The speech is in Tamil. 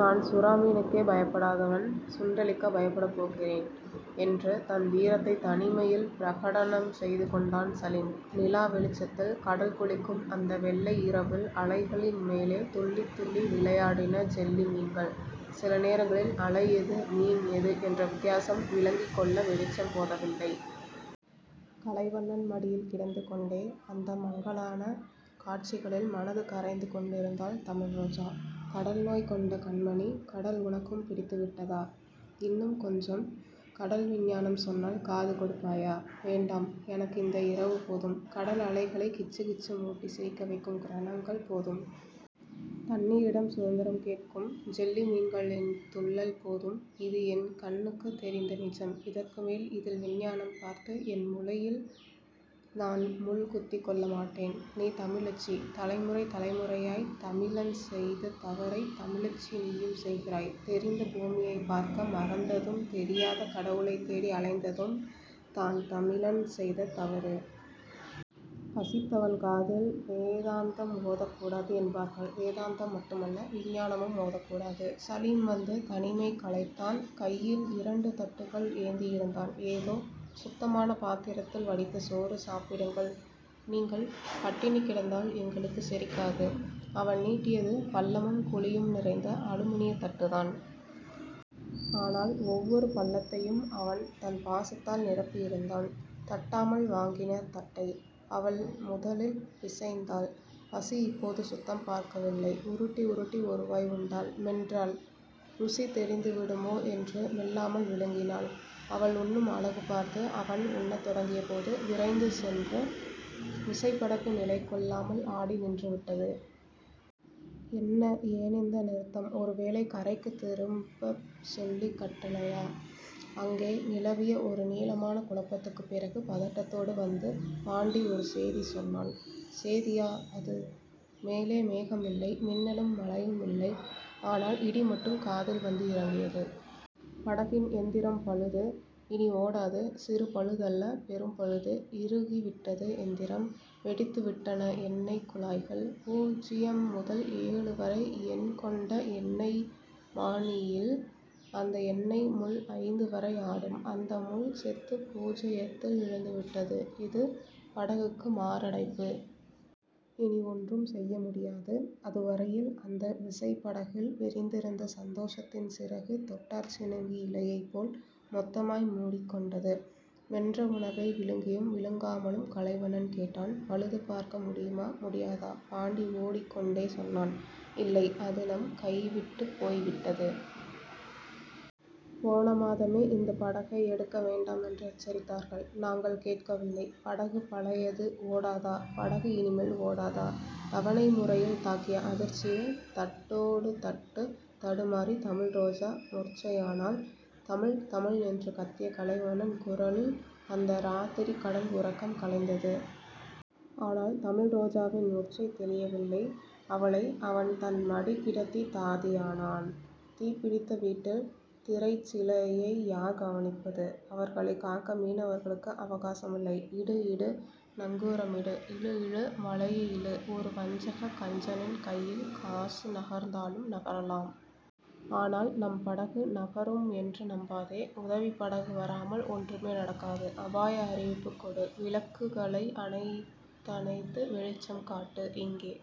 நான் சுறாமீனுக்கே பயப்படாதவன். சுண்டெலிக்கா பயப்படப் போகிறேன்..? என்று தன் வீரத்தைத் தனிமையில் பிரகடனம் செய்துகொண்டான் சலீம். நிலா வெளிச்சத்தில் கடல்குளிக்கும் அந்த வெள்ளை இரவில் அலைகளின் மேலே துள்ளித் துள்ளி விளையாடின ஜெல்லி மீன்கள். சில நேரங்களில் அலை எது, மீன் எது என்ற வித்தியாசம் விளங்கிக்கொள்ள வெளிச்சம் போதவில்லை. கலைவண்ணன் மடியில் கிடந்துகொண்டே அந்த மங்கலான காட்சிகளில் மனது கரைந்து கொண்டிருந்தாள் தமிழ்ரோஜா. கடல்நோய் கொண்ட கண்மணி. கடல் உனக்கும் பிடித்துவிட்டதா..? இன்னும் கொஞ்சம் கடல் விஞ்ஞானம் சொன்னால் காது கொடுப்பாயா..? வேண்டாம்... எனக்கிந்த இரவுபோதும். கடல் அலைகளைக் கிச்சுக்கிச்சு முட்டிச் சிரிக்கவைக்கும் கிரணங்கள் போதும். தண்ணீரிடம் சுதந்திரம் கேட்கும் ஜெல்லிமீன்களின் துள்ளல் போதும். இது என் கண்ணுக்குத் தெரிந்த நிஜம். இதற்குமேல் இதில் விஞ்ஞானம் பார்த்து, என் முளையில் நான் முள் குத்திக்கொள்ள மாட்டேன்... நீ தமிழச்சி. தலைமுறை தலைமுறையாய்த் தமிழன் செய்த தவறைத் தமிழச்சி நீயும் செய்கிறாய். தெரிந்த பூமியைப் பார்க்க மறந்ததும் தெரியாத கடவுளைத் தேடி அலைந்ததும் தான் தமிழன் செய்த தவறு. பசித்தவன் காதில் வேதாந்தம் ஓதக்கூடாது என்பார்கள். வேதாந்தம் மட்டுமல்ல. விஞ்ஞானமும் ஓதக்கூடாது... சலீம் வந்து தனிமை கலைத்தான். கையில் இரண்டு தட்டுகள் ஏந்தியிருந்தான். இதோ. சுத்தமான பாத்திரத்தில் வடித்த சோறு. சாப்பிடுங்கள்... நீங்கள் பட்டினி கிடந்தால் எங்களுக்குச் செரிக்காது... அவன் நீட்டியது பள்ளமும் குழியும் நிறைந்த அலுமினியத் தட்டுதான். ஆனால் ஒவ்வொரு பள்ளத்தையும் அவன் தன் பாசத்தால் நிரப்பியிருந்தான். தட்டாமல் வாங்கினர் தட்டை. அவள் முதலில் பிசைந்தாள். பசி இப்போது சுத்தம் பார்க்கவில்லை. உருட்டி உருட்டி ஒரு வாய் உண்டாள். மென்றால் ருசி தெரிந்துவிடுமோ என்று மெல்லாமல் விழுங்கினாள். அவள் உண்ணும் அழகுபார்த்து அவன் உண்ணத் தொடங்கியபோது, விரைந்து சென்ற விசைப்படகு நிலைகொள்ளாமல் ஆடி நின்றுவிட்டது. என்ன... ஏனிந்த நிறுத்தம்..? ஒருவேளை கரைக்குத் திருப்பச் சொல்லிக் கட்டளையா..? அங்கே நிலவிய ஒரு நீளமான குழப்பத்துக்குப் பிறகு பதட்டத்தோடு வந்து பாண்டி ஒரு சேதி சொன்னான். சேதியா அது..? மேலே மேகம் இல்லை. மின்னலும் மழையும் இல்லை. ஆனால் இடிமட்டும் காதில் வந்து இறங்கியது. படகின் எந்திரம் பழுது. இனி ஓடாது. சிறு பழுதல்ல. பெரும் பழுது. இறுகிவிட்டது எந்திரம். வெடித்துவிட்டன எண்ணெய்க் குழாய்கள். பூஜ்ஜியம் முதல் ஏழு வரை எண்கொண்ட எண்ணெய்மானியில் அந்த எண்ணெய் முள் ஐந்து வரை ஆடும். அந்த முள் செத்து பூஜயத்தில் விழுந்து விட்டது. இது படகுக்கு மாரடைப்பு. இனி ஒன்றும் செய்ய முடியாது. அதுவரையில் அந்த விசைப்படகில் விரிந்திருந்த சந்தோஷத்தின் சிறகு தொட்டாற்சிணுங்கி இலையைப் போல் மொத்தமாய் முடிக்கொண்டது. மென்ற உணவை விழுங்கியும் விழுங்காமலும் கலைவண்ணன் கேட்டான். பழுதுபார்க்க முடியுமா? முடியாதா? பாண்டி ஓடிக்கொண்டே சொன்னான். இல்லை. அது நம் கையைவிட்டுப் போய் விட்டது. போன மாதமே இந்தப் படகை எடுக்க வேண்டாமென்று எச்சரித்தார்கள். நாங்கள் கேட்கவில்லை. படகு பழையது. ஓடாதா? படகு இனிமேல் ஓடாதா? தவணை முறையில் தாக்கிய அதிர்ச்சியில் தட்டோ டு தட்டுத் தடுமாறித் தமிழ்ரோஜா முர்ச்சையானாள். தமிழ். தமிழ். என்று கத்திய கலைவண்ணன் குரலில் அந்த ராத்திரிக்கடல் உறக்கம் கலைந்தது. ஆனால் தமிழ்ரோஜாவின் முர்ச்சை தெளியவில்லை. அவளை அவன் தன் மடி கிடத்தித் தாதியானான். தீப்பிடித்த வீட்டில் திரைச்சீலையை யார் கவனிப்பது? அவர்களைக் காக்க மீனவர்களுக்கு அவகாசமில்லை. இடு. இடு. நங்கூரமிடு. இழு. இழு. வலையை இழு. ஒரு வஞ்சகக் கஞ்சனின் கையில் காசு நகர்ந்தாலும் நகரலாம். ஆனால் நம் படகு நகரும் என்று நம்பாதே. உதவிப் படகு வராமல் ஒன்றுமே நடக்காது. அபாய அறிவிப்புக் கொடு. விளக்குகளை அணைத்தணைத்து வெளிச்சம் காட்டு. இங்கே